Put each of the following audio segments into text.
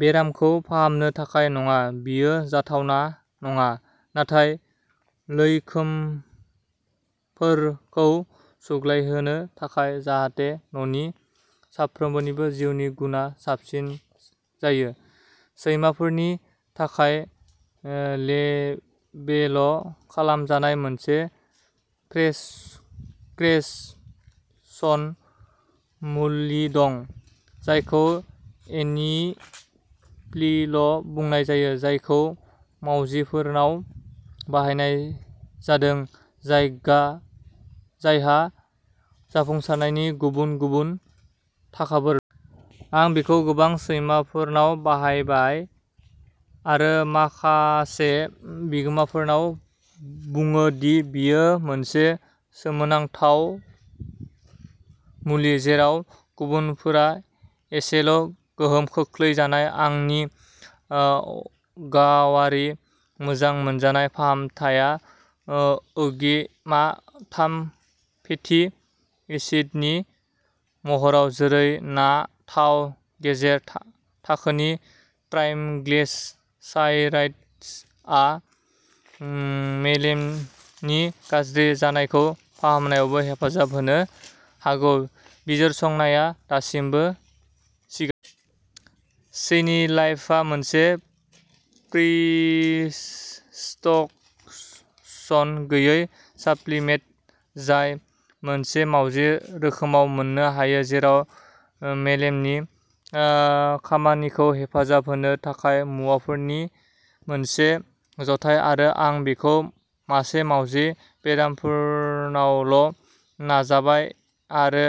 बेरामखौ फाहामनो थाखाय नङा बेयो जाथावना नङा नाथाय लैखोनफोरखौ सुग्लायहोनो थाखाय जाहाथे न'नि साफ्रोमबोनि जिउनि गुनआ साबसिन जायो। सैमाफोरनि थाखाय लेबेल खालामजानाय मोनसे प्रेसक्रिप्शन मुलि दं, जायखौ एनिप्रिल बुंनाय जायो, जायखौ मावजिफोरनाव बाहायनाय जादों, जायगा जायहा जाफुंसारनायनि गुबुन गुबुन थाखाफोर। आं बेखौ गोबां सैमाफोरनाव बाहायबाय, आरो माखासे बिगोमाफोरा बुङो दि बेयो मोनसे सोमोनांथाव मुलि, जेराव गुबुनफोरा एसेल' गोहोम खोख्लैजानाय। आंनि ओ गावारि मोजां मोनजानाय फाहामथाया ओ ओगेमा थाम फेटि एसिडनि महराव, जेरै ना थाव। गेजेर थाखोनि ट्राइग्लिसाराइड्स आ मेलेमनि गाज्रि जानायखौ फाहामनायावबो हेफाजाब होनो हागौ बिजिरसंनाया दासिमबो सिगां। सेनिलाइफआ मोनसे प्रिस्टटन गैयै साप्लिमेन्ट जाय मोनसे मावजि रोखोमाव मोननो हायो जेराव मेलेमनि ओ खामानिखौ हेफाजाब होनो थाखाय मुवाफोरनि मोनसे जथाय थायो। आं बेखौ मासे मावजि बेरामिफोरनावल' नाजाबाय, आरो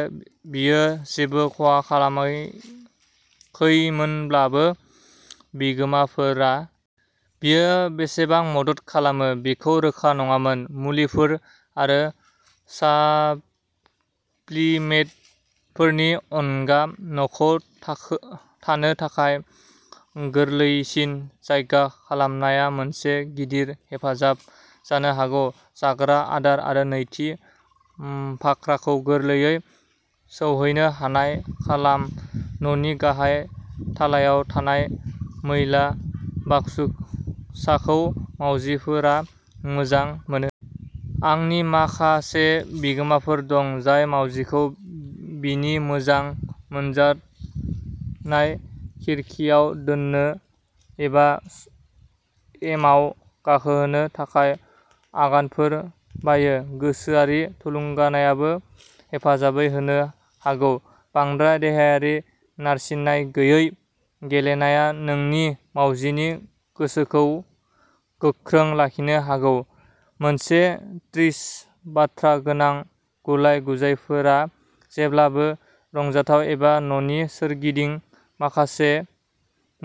बेयो जेबो खहा खालामाखैमोनब्लाबो, बिगोमाफोरा। बेयो बेसेबां मदद खालामो बेखौ रोखा नङामोन। मुलिफोर आरो साप्लिमेन्टफोरनि अनगा, न'खौ थानो थाखाय गोरलैसिन जायगा खालामनाया मोनसे गिदिर हेफाजाब जानो हागौ जाग्रा आदार आरो नैथि बाख्राखौ गोरलैयै सौहैनो हानाय खालाम। न'नि गाहाय थालायाव थानाय मैला बाक्साखौ मावजिफोरा मोजां मोनो। आंनि माखासे बिगोमाफोर दं, जाय मावजिखौ बिनि मोजां मोनजानाय खिरखिआव दोननो एबा एमाव गाखोनो थाखाय आगानफोर बायो गोसोआरि थुलुंगानायाबो हेफाजाबै होनो हागौ बांद्राय देहायारि नारसिननाय गैयै गेलेनाया नोंनि मावजिनि गोसोखौ गोख्रों लाखिनो हागौ मोनसे ट्रिस बाथ्रा गोनां गुलाय-गुजायफोरा जेब्लाबो रंजाथाव, एबा न'नि सोरगिदिं माखासे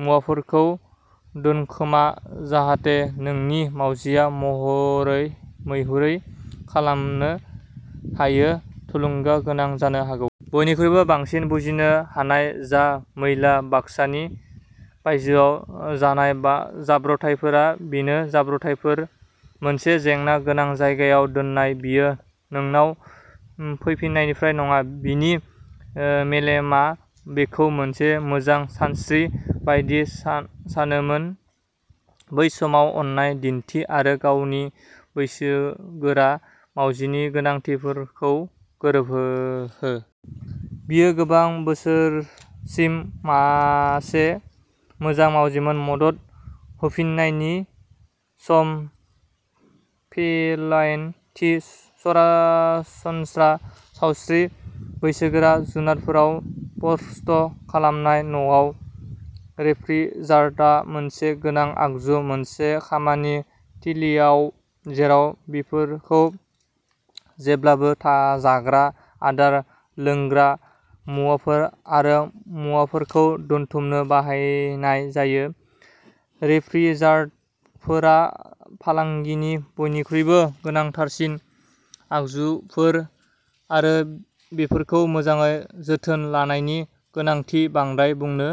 मुवाफोरखौ दोनखोमा, जाहाथे नोंनि मावजिआ महरै मैहुरै खालामनो हायो, थुलुंगा गोनां जानो हागौ। बयनिख्रुइबो बांसिन, बुजिनो हानाय जा। मैला बाक्सानि बायजोआव जानाय जाब्रबथायफोरा बेनो जाब्रबथायफोर। मोनसे जेंना गोनां जायगायाव दोननाया बियो नोंनाव फैफिन्नायनिफ्राय नङा बिनि ओ मेलेमआ बेखौ मोनसे मोजां सानस्रि बायदि सा सानोमोन। बै समाव अननाय दिन्थि, आरो गावनि बैसोगोरा मावजिनि गोनांथिफोरखौ गोरोबहो। बियो गोबां बोसोरसिम मासे मोजां मावजिमोन मदद होफिन्नायनि सम फेलाइन थि, सरासनस्रा सावस्रि, बैसोगोरा जुनारफोराव पस्ट खालामनाय। न'आव, रेफ्रिजारटआ मोनसे गोनां आगजु। मोनसे खामानि थिलिआव जेराव बेफोरखौ जेब्लाबो जाग्रा आदार, लोंग्रा मुवाफोर आरो मुवाफोरखौ दोनथुमनो बाहायनाय जायो, रेफ्रिजारेटरफोरा फालांगिनि बयनिख्रुइबो गोनांथारसिन आगजुफोर आरो बेफोरखौ मोजाङै जोथोन लानायनि गोनांथि बांद्राय बुंनो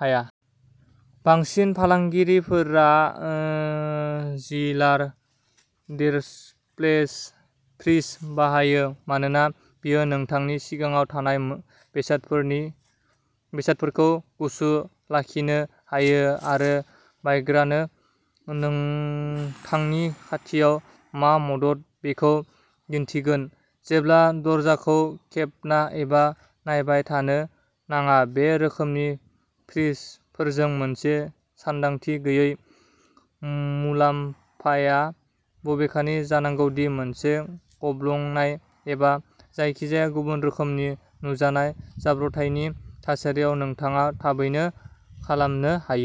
हाया। बांसिन फालांगिफोरा ओ चिलार डिस्प्ले फ्रिज बाहायो मानोना बेयो नोंथांनि सिगाङाव थानाय बेसादफोरनि बेसादफोरखौ गुसु लाखिनो हायो आरो बायग्रानो नोंथांनि खाथियाव मा मदद बेखौ दिन्थिगोन, जेब्ला दरजाखौ खेबना एबा नायबाय थानो नाङा। बे रोखोमनि फ्रिजफोरजों मोनसे सानदांथि गैयै मुलाम्फाया बबेखानि जानांगौ दि मोनसे गब्लंनाय एबा जायखिजाया गुबुन रोखोमनि नुजानाय जाब्रबथायनि थासारियाव, नोंथाङा थाबैनो खालामनो हायो।